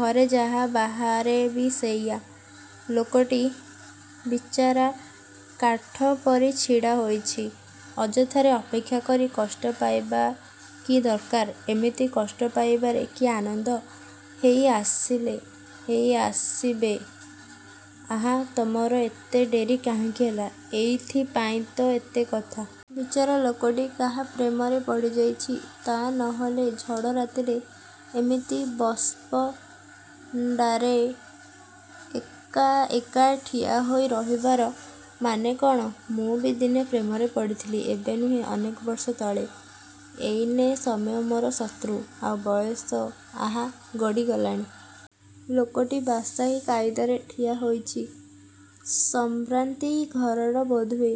ଘରେ ଯାହା, ବାହାରେ ବି ସେଇଆ! ଲୋକଟି ବିଚାରା କାଠ ପରି ଛିଡ଼ା ହୋଇଛି। ଅଯଥାରେ ଅପେକ୍ଷାକରି କଷ୍ଟ ପାଇବା କି ଦରକାର? ଏମିତି କଷ୍ଟ ପାଇବାରେ କି ଆନନ୍ଦ? ହେଇ ଆସିଲେ। ହେଇ ଆସିବେ। ଆହା, ତମର ଏତେ ଡେରି କାହିଁକି ହେଲା? ଏଇଥି ପାଇଁ ତ ଏତେ କଥା। ବିଚରା ଲୋକଟି କାହା ପ୍ରେମରେ ପଡ଼ିଯାଇଛି। ତା' ନହେଲେ ଝଡ଼ ରାତିରେ ଏମିତି ବସ୍ଷ୍ଟାଣ୍ଡରେ ଏକା ଏକା ଠିଆ ହୋଇ ରହିବାର ମାନେ କ'ଣ? ମୁଁ ବି ଦିନେ ପ୍ରେମରେ ପଡ଼ିଥିଲି। ଏବେ ନୁହେଁ ଅନେକ ବର୍ଷ ତଳେ। ଏଇନେ ସମୟ ମୋର ଶତ୍ରୁ। ଆଉ ବୟସ; ଆହା; ଗଡ଼ିଗଲାଣି। ଲୋକଟି ବାଦ୍ଶାହୀ କାଇଦାରେ ଠିଆ ହୋଇଛି। ସମ୍ଭ୍ରାନ୍ତି ଘରର ବୋଧହୁଏ।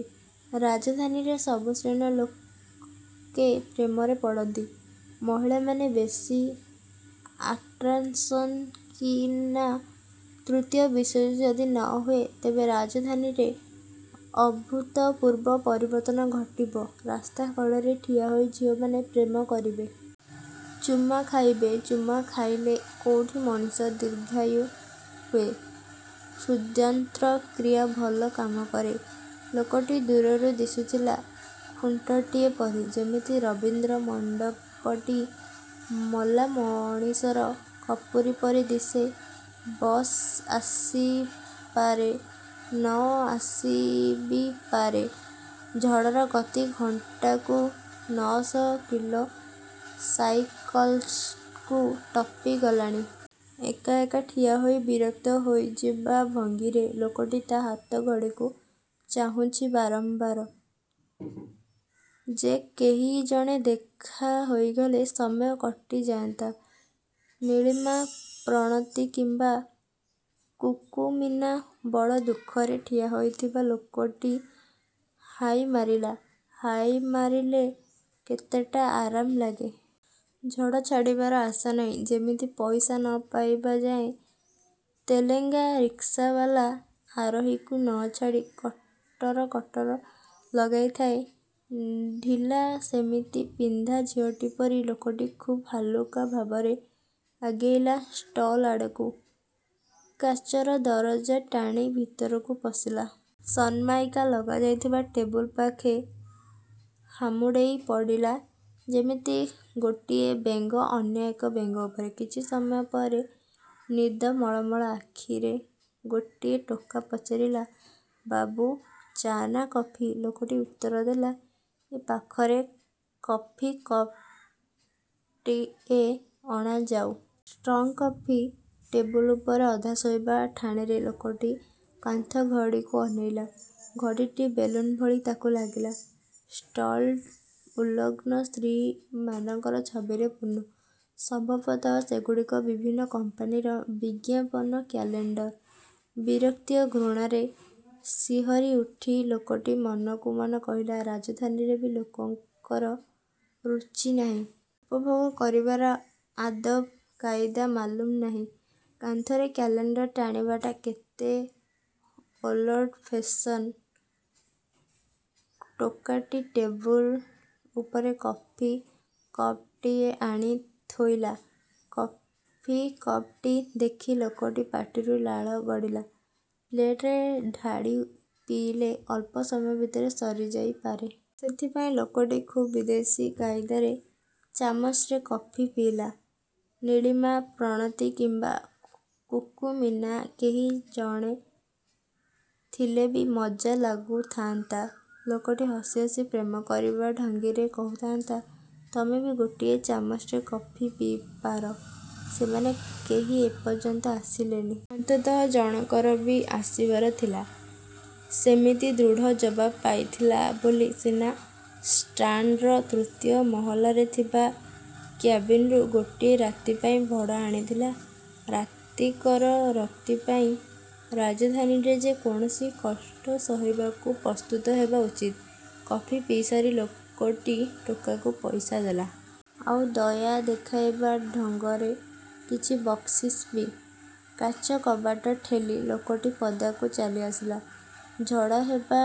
ରାଜଧାନୀରେ ସବୁ ଶ୍ରେଣୀର ଲୋକେ ପ୍ରେମରେ ପଡ଼ନ୍ତି-। ମହିଳାମାନେ ବେଶି ଆଡ଼୍ଭାନସ୍ କି ନା! ତୃତୀୟ ବିଶ୍ୱଯୁଦ୍ଧ ଯଦି ନହୁଏ, ତେବେ ରାଜଧାନୀରେ ଅଭୂତପୂର୍ବ ପରିବର୍ତ୍ତନ ଘଟିବ। ରାସ୍ତାକଡ଼ରେ ଠିଆହୋଇ ଝିଅମାନେ ପ୍ରେମ କରିବେ। ଚୁମା ଖାଇବେ। ଚୁମା ଖାଇଲେ କୋଉଠି ମଣିଷ ଦୀର୍ଘାୟୁ ହୁଏ। ହୃଦ୍ଯନ୍ତ୍ର କ୍ରିୟା ଭଲ କାମ କରେ-। ଲୋକଟି ଦୂରରୁ ଦିଶୁଥିଲା ଖୁଣ୍ଟଟିଏ ପରି। ଯେମିତି ରବୀନ୍ଦ୍ର ମଣ୍ଡପଟି ମଲାମଣିଷର ଖପୁରି ପରି ଦିଶେ। ବସ୍ ଆସିପାରେ। ନ ଆସି ବି ପାରେ। ଝଡ଼ର ଗତି ଘଣ୍ଟାକୁ ନ'ଶହ କିଲୋ ସାଇକଲ୍ସକୁ ଟପି ଗଲାଣି। ଏକା ଏକା ଠିଆ ହୋଇ ବିରକ୍ତ ହୋଇଯିବା ଭଙ୍ଗୀରେ ଲୋକଟି ତା' ହାତଘଡ଼ିକୁ ଚାହୁଁଛି ବାରମ୍ୱାର। ଯେ' କେହି ଜଣେ ଦେଖା ହୋଇଗଲେ ସମୟ କଟିଯାନ୍ତା। ନୀଳିମା, ପ୍ରଣତୀ କିମ୍ବା କୁକୁମୀନା। ବଡ଼ ଦୁଃଖରେ ଠିଆ ହୋଇଥିବା ଲୋକଟି ହାଇ ମାରିଲା। ହାଇ ମାରିଲେ କେତେଟା ଆରାମ ଲାଗେ। ଝଡ଼ ଛାଡ଼ିବାର ଆଶା ନାହିଁ। ଯେମିତି ପଇସା ନ ପାଇବା ଯାଏଁ ତେଲେଙ୍ଗା ରିକ୍ସାବାଲା ଆରୋହୀକୁ ନଛାଡ଼ି କଟର କଟର ଲଗାଇଥାଏ। ଢିଲା ସେମିଜି ପିନ୍ଧା ଝିଅଟି ପରି ଲୋକଟି ଖୁବ୍ ହାଲୁକା ଭାବରେ ଆଗେଇଲା ଷ୍ଟଲ୍ ଆଡ଼କୁ। କାଚର ଦରଜା ଟାଣି ଭିତରକୁ ପଶିଲା। ସନମାଇକା ଲଗା ଯାଇଥିବା ଟେବୁଲ ପାଖେ ହାମୁଡ଼େଇ ପଡ଼ିଲା। ଯେମିତି ଗୋଟିଏ ବେଙ୍ଗ ଅନ୍ୟ ଏକ ବେଙ୍ଗ ଉପରେ। କିଛି ସମୟ ପରେ ନିଦ ମଳ ମଳ ଆଖିରେ ଗୋଟିଏ ଟୋକା ପଚାରିଲା; ବାବୁ; ଚା' ନାଁ କଫି? ଲୋକଟି ଉତ୍ତର ଦେଲା, ଏ ପାଖରେ କଫି କପ୍ଟିଏ ଅଣାଯାଉ। Strong coffee. ଟେବୁଲ ଉପରେ ଅଧା ଶୋଇବା ଠାଣିରେ ଲୋକଟି କାନ୍ଥଘଡ଼ିକୁ ଅନେଇଲା। ଘଡ଼ିଟି ବେଲୁନ ଭଳି ତାକୁ ଲାଗିଲା। ଷ୍ଟଲ୍ଟି ଉଲଗ୍ନ ସ୍ତ୍ରୀମାନଙ୍କର ଛବିରେ ପୂର୍ଣ୍ଣ। ସମ୍ଭବତଃ ସେଗୁଡ଼ିକ ବିଭିନ୍ନ କମ୍ପାନୀର ବିଜ୍ଞାପନ କ୍ୟାଲେଣ୍ଡର। ବିରକ୍ତି ଓ ଘୃଣାରେ ଶିହରି ଉଠି ଲୋକଟି ମନକୁ ମନ କହିଲା; ରାଜଧାନୀରେ ବି ଲୋକଙ୍କର ରୁଚି ନାହିଁ। ଉପଭୋଗ କରିବାର ଆଦବ୍ କାଇଦା ମାଲୁମ ନାହିଁ। କାନ୍ଥରେ କ୍ୟାଲେଣ୍ଡର ଟାଣିବାଟା କେତେ ଓଲଡ୍ ଫେସନ୍। ଟୋକାଟି ଟେବୁଲ ଉପରେ କଫି କପ୍ଟିଏ ଆଣି ଥୋଇଲା। କଫି କପ୍ଟି ଦେଖି ଲୋକଟି ପାଟିରୁ ଲାଳ ଗଡ଼ିଲା। ପ୍ଲେଟରେ ଢାଳି ପିଇଲେ ଅଳ୍ପ ସମୟ ଭିତରେ ସରି ଯାଇପାରେ। ସେଥିପାଇଁ ଲୋକଟି ଖୁବ୍ ବିଦେଶୀ କାଇଦାରେ ଚାମଚରେ କଫି। ପିଇଲା। ନୀଳିମା, ପ୍ରଣତୀ କିମ୍ବା କୁକୁମୀନା କେହି ଜଣେ ଥିଲେବି ମଜା ଲାଗୁଥାନ୍ତା। ଲୋକଟି ହସି ହସି ପ୍ରେମ କରିବା ଢଙ୍ଗରେ କହୁଥାନ୍ତା, ''ତମେ ବି ଗୋଟିଏ ଚାମଚରେ କଫି ପିଇପାର। '' ସେମାନେ କେହି ଏପର୍ଯ୍ୟନ୍ତ ଆସିଲେନି। ଅନ୍ତତଃ ଜଣଙ୍କର ବି ଆସିବାର ଥିଲା। ସେମିତି ଦୃଢ଼ ଜବାବ ପାଇଥିଲା ବୋଲି ସିନା ଷ୍ଟାଣ୍ଡର ତୃତୀୟ ମହଲାରେ ଥିବା କ୍ୟାବିନରୁ ଗୋଟିଏ ରାତି ପାଇଁ ଭଡ଼ା ଆଣିଥିଲା। ରାତିକର ରତି ପାଇଁ ରାଜଧାନୀରେ ଯେ କୌଣସି କଷ୍ଟ ସହିବାକୁ ପ୍ରସ୍ତୁତ ହେବା ଉଚିତ। କଫି ପିଇସାରି ଲୋକଟି ଟୋକାକୁ ପଇସା ଦେଲା। ଆଉ ଦୟା ଦେଖାଇବା ଢଙ୍ଗରେ କିଛି ବକ୍ସିସ୍ ବି। କାଚ କବାଟ ଠେଲି ଲୋକଟି ପଦାକୁ ଚାଲି ଆସିଲା। ଝଡ଼ ହେଟା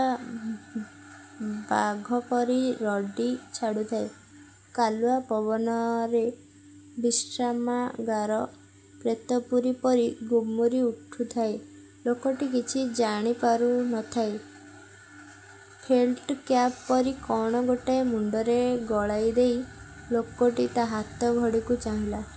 ବାଘପରି ରଡ଼ି ଛାଡ଼ୁଥାଏ। କାଲୁଆ ପବନରେ ବିଶ୍ରାମାଗାର ପ୍ରେତପୁରୀ ପରି ଗୁମୁରି ଉଠୁଥାଏ। ଲୋକଟି କିଛି ଜାଣିପାରୁ ନ ଥାଏ। ଫେଲ୍ଟକ୍ୟାପ୍ ପରି କ'ଣ ଗୋଟାଏ ମୁଣ୍ଡରେ ଗଳାଇ ଦେଇ ଲୋକଟି ତା' ହାତ ଘଡ଼ିକୁ ଚାହିଁଲା।